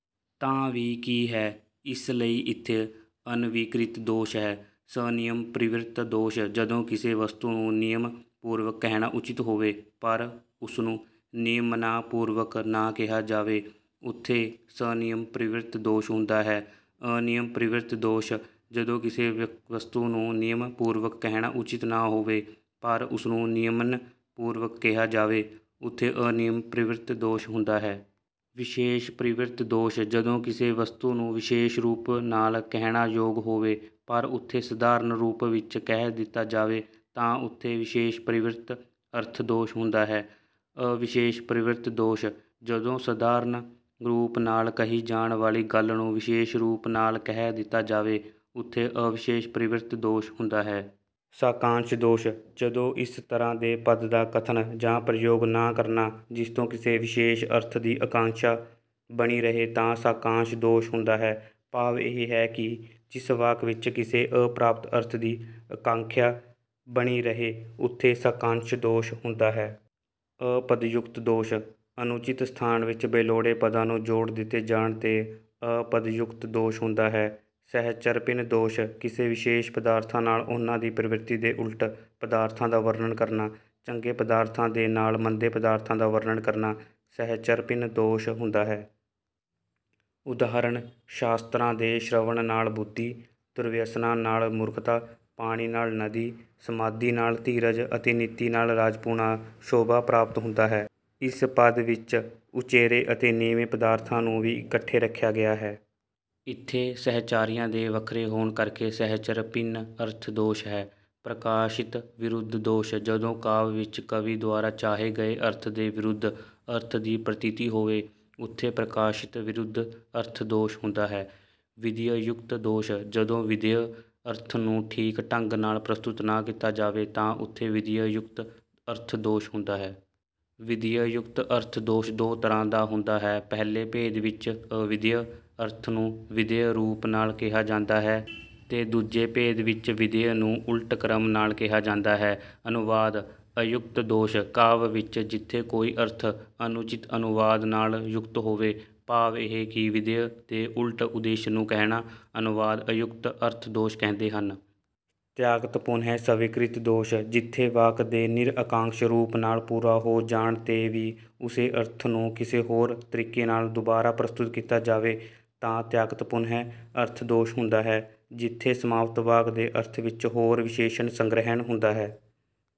ਤਾਂ ਵੀ ਕੀ ਹੈ? ਇਸ ਲਈ ਇੱਥੇ ਅਨਵੀਕ੍ਰਿਤ ਦੋਸ਼ ਹੈ। ਸਨਿਯਮਪਰਿਵ੍ਰਿਤ ਦੋਸ਼: ਜਦੋਂ ਕਿਸੇ ਵਸਤੂ ਨੂੰ ਨਿਯਮ ਪੂਰਵਕ ਕਹਿਣਾ ਉਚਿੱਤ ਹੋਵੇ ਪਰ ਉਸਨੂੰ ਨਿਯਮਨਾਪੂਰਵਕ ਨਾ ਕਿਹਾ ਜਾਵੇ, ਉਥੇ 'ਸਨਿਯਮਪਰਿਵ੍ਰਿਤ' ਦੋਸ਼ ਹੁੰਦਾ ਹੈ। ਅਨਿਯਮਪਰਿਵ੍ਰਿਤ ਦੋਸ਼: ਜਦੋਂ ਕਿਸੇ ਵਸਤੂ ਨੂੰ ਨਿਯਮ ਪੂਰਵਕ ਕਹਿਣਾ ਉਚਿੱਤ ਨਾ ਹੋਵੇ ਪਰ ਉਸਨੂੰ ਨਿਯਮਨਪੂਰਵਕ ਕਿਹਾ ਜਾਵੇ, ਉਥੇ 'ਅਨਿਯਮਪਰਿਵ੍ਰਿਤ' ਦੋਸ਼ ਹੁੰਦਾ ਹੈ। ਵਿਸ਼ੇਸ਼ਪਰਿਵ੍ਰਿਤ ਦੋਸ਼: ਜਦੋਂ ਕਿਸੇ ਵਸਤੂ ਨੂੰ ਵਿਸ਼ੇਸ਼ ਰੂਪ ਨਾਲ ਕਹਿਣਾ ਯੋਗ ਹੋਵੇ, ਪਰ ਉਥੇ ਸਧਾਰਨ ਰੂਪ ਵਿੱਚ ਕਹਿ ਦਿੱਤਾ ਜਾਵੇ ਤਾਂ ਉਥੇ 'ਵਿਸ਼ੇਸ਼ਪਰਿਵ੍ਰਿਤ' ਅਰਥ ਦੋਸ਼ ਹੁੰਦਾ ਹੈ। ਅਵਿਸ਼ੇਸ਼ਪਰਿਵ੍ਰਿਤ ਦੋਸ਼: ਜਦੋਂ ਸਧਾਰਨ ਰੂਪ ਨਾਲ ਕਹੀ ਜਾਣ ਵਾਲੀ ਗੱਲ ਨੂੰ ਵਿਸ਼ੇਸ਼ ਰੂਪ ਨਾਲ ਕਹਿ ਦਿੱਤਾ ਜਾਵੇ, ਉਥੇ 'ਅਵਿਸ਼ੇਸ਼ਪਰਿਵ੍ਰਿਤ' ਦੋਸ਼ ਹੁੰਦਾ ਹੈ। ਸਾਕਾਂਕਸ਼ ਦੋਸ਼: ਜਦੋਂ ਇਸ ਤਰ੍ਹਾਂ ਦੇ ਪਦ ਦਾ ਕਥਨ ਜਾਂ ਪ੍ਰਯੋਗ ਨਾ ਕਰਨਾ ਜਿਸਤੋਂ ਕਿਸੇ ਵਿਸ਼ੇਸ਼ ਅਰਥ ਦੀ ਅਕਾਂਕਸ਼ਾ ਬਣੀ ਰਹੇ ਤਾਂ 'ਸਾਕਾਂਕਸ਼' ਦੋਸ਼ ਹੁੰਦਾ ਹੈ। ਭਾਵ ਇਹ ਹੈ ਕਿ ਜਿਸ ਵਾਕ ਵਿੱਚ ਕਿਸੇ ਅਪ੍ਰਾਪਤ ਅਰਥ ਦੀ ਅਕਾਂਖਿਆ ਬਣੀ ਰਹੇ, ਉਥੇ 'ਸਾਕਾਂਕਸ਼' ਦੋਸ਼ ਹੁੰਦਾ ਹੈ। ਅਪਦਯੁਕਤ ਦੋਸ਼: ਅਨੁਚਿਤ ਸਥਾਨ ਵਿੱਚ ਬੇਲੋੜੇ ਪਦਾਂ ਨੂੰ ਜੋੜ ਦਿੱਤੇ ਜਾਣ 'ਤੇ 'ਅਪਦਯੁਕਤ' ਦੋਸ਼ ਹੁੰਦਾ ਹੈ। ਸਹਚਰਭਿੰਨ ਦੋਸ਼: ਕਿਸੇ ਵਿਸ਼ੇਸ਼ ਪਦਾਰਥਾਂ ਨਾਲ ਉਨ੍ਹਾਂ ਦੀ ਪ੍ਰਕਿਰਤੀ ਦੇ ਉਲਟ ਪਦਾਰਥਾਂ ਦਾ ਵਰਣਨ ਕਰਨਾ; ਚੰਗੇ ਪਦਾਰਥਾਂ ਦੇ ਨਾਲ ਮੰਦੇ ਪਦਾਰਥਾਂ ਦਾ ਵਰਣਨ ਕਰਨਾ 'ਸਹਚਰਭਿੰਨ' ਦੋਸ਼ ਹੁੰਦਾ ਹੈ। ਉਦਾਹਰਣ- ਸ਼ਾਸਤਰਾਂ ਦੇ ਸ਼੍ਰਵਣ ਨਾਲ ਬੁੱਧੀ, ਦੁਰਵਿਆਸਨਾਂ ਨਾਲ ਮੂਰਖਤਾ, ਪਾਣੀ ਨਾਲ ਨਦੀ, ਸਮਾਧੀ ਨਾਲ ਧੀਰਜ ਅਤੇ ਨੀਤੀ ਨਾਲ ਰਾਜਪੁਣਾ ਸ਼ੋਭਾ ਪ੍ਰਾਪਤ ਹੁੰਦਾ ਹੈ। ਇਸ ਪਦ ਵਿੱਚ ਉਚੇਰੇ ਅਤੇ ਨੀਵੇਂ ਪਦਾਰਥਾਂ ਨੂੰ ਵੀ ਇਕੱਠੇ ਰੱਖਿਆ ਗਿਆ ਹੈ। ਇੱਥੇ ਸਹਿਚਾਰੀਆਂ ਦੇ ਵੱਖਰੇ ਹੋਣ ਕਰਕੇ 'ਸਹਚਰਭਿੰਨ' ਅਰਥ ਦੋਸ਼ ਹੈ। ਪ੍ਰਕਾਸ਼ਿਤਵਿਰੁੱਧ ਦੋਸ਼: ਜਦੋਂ ਕਾਵਿ ਵਿੱਚ ਕਵੀ ਦੁਆਰਾ ਚਾਹੇ ਗਏ ਅਰਥ ਦੇ ਵਿਰੁੱਧ ਅਰਥ ਦੀ ਪ੍ਰਤੀਤੀ ਹੋਵੇ ਉਥੇ 'ਪ੍ਰਕਾਸ਼ਿਤਵਿਰੁੱਧ' ਅਰਥ ਦੋਸ਼ ਹੁੰਦਾ ਹੈ। ਵਿਧੀਅਯੁਕਤ ਦੋਸ਼: ਜਦੋਂ ਵਿਧੇਯ ਅਰਥ ਨੂੰ ਠੀਕ ਢੰਗ ਨਾਲ ਪ੍ਰਸਤੁਤ ਨਾ ਕੀਤਾ ਜਾਵੇ, ਤਾਂ ਉਥੇ 'ਵਿਧੀਅਯੁਕਤ' ਅਰਥ ਦੋਸ਼ ਹੁੰਦਾ ਹੈ। ਵਿਧੀਅਯੁਕਤ ਅਰਥ ਦੋਸ਼ ਦੋ ਤਰ੍ਹਾਂ ਦਾ ਹੁੰਦਾ ਹੈ- ਪਹਿਲੇ ਭੇਦ ਵਿੱਚ ਅਵਿਧੇਯ ਅਰਥ ਨੂੰ ਵਿਧੇਯ ਰੂਪ ਨਾਲ ਕਿਹਾ ਜਾਂਦਾ ਹੈ ਤੇ ਦੂਜੇ ਭੇਦ ਵਿੱਚ ਵਿਧੇਯ ਨੂੰ ਉਲਟ ਕ੍ਰਮ ਨਾਲ ਕਿਹਾ ਜਾਂਦਾ ਹੈ। ਅਨੁਵਾਦ-ਅਯੁਕਤ ਦੋਸ਼: ਕਾਵਿ ਵਿੱਚ ਜਿਥੇ ਕੋਈ ਅਰਥ ਅਨੁਚਿਤ ਅਨੁਵਾਦ ਨਾਲ ਯੁਕਤ ਹੋਵੇ, ਭਾਵ ਇਹ ਕਿ ਵਿਧੇਯ ਦੇ ਉਲਟ ਉਦੇਸ਼ ਨੂੰ ਕਹਿਣਾ 'ਅਨੁਵਾਦ-ਅਯੁਕਤ' ਅਰਥ ਦੋਸ਼ ਕਹਿੰਦੇ ਹਨ। ਤਿਆਕਤਪੁਨਹ-ਸਵੀਕ੍ਰਿਤ ਦੋਸ਼: ਜਿਥੇ ਵਾਕ ਦੇ ਨਿਰ-ਅਕਾਂਕਸ਼ ਰੂਪ ਨਾਲ ਪੂਰਾ ਹੋ ਜਾਣ 'ਤੇ ਵੀ ਉਸੇ ਅਰਥ ਨੂੰ ਕਿਸੇ ਹੋਰ ਤਰੀਕੇ ਨਾਲ ਦੁਬਾਰਾ ਪ੍ਰਸਤੁਤ ਕੀਤਾ ਜਾਵੇ ਤਾਂ 'ਤਿਆਕਤਪੁਨਹ' ਅਰਥ ਦੋਸ਼ ਹੁੰਦਾ ਹੈ। ਜਿਥੇ ਸਮਾਪਤ ਵਾਕ ਦੇ ਅਰਥ ਵਿੱਚ ਹੋਰ ਵਿਸ਼ੇਸ਼ਣ ਗ੍ਰਹਿਣ ਹੁੰਦਾ ਹੈ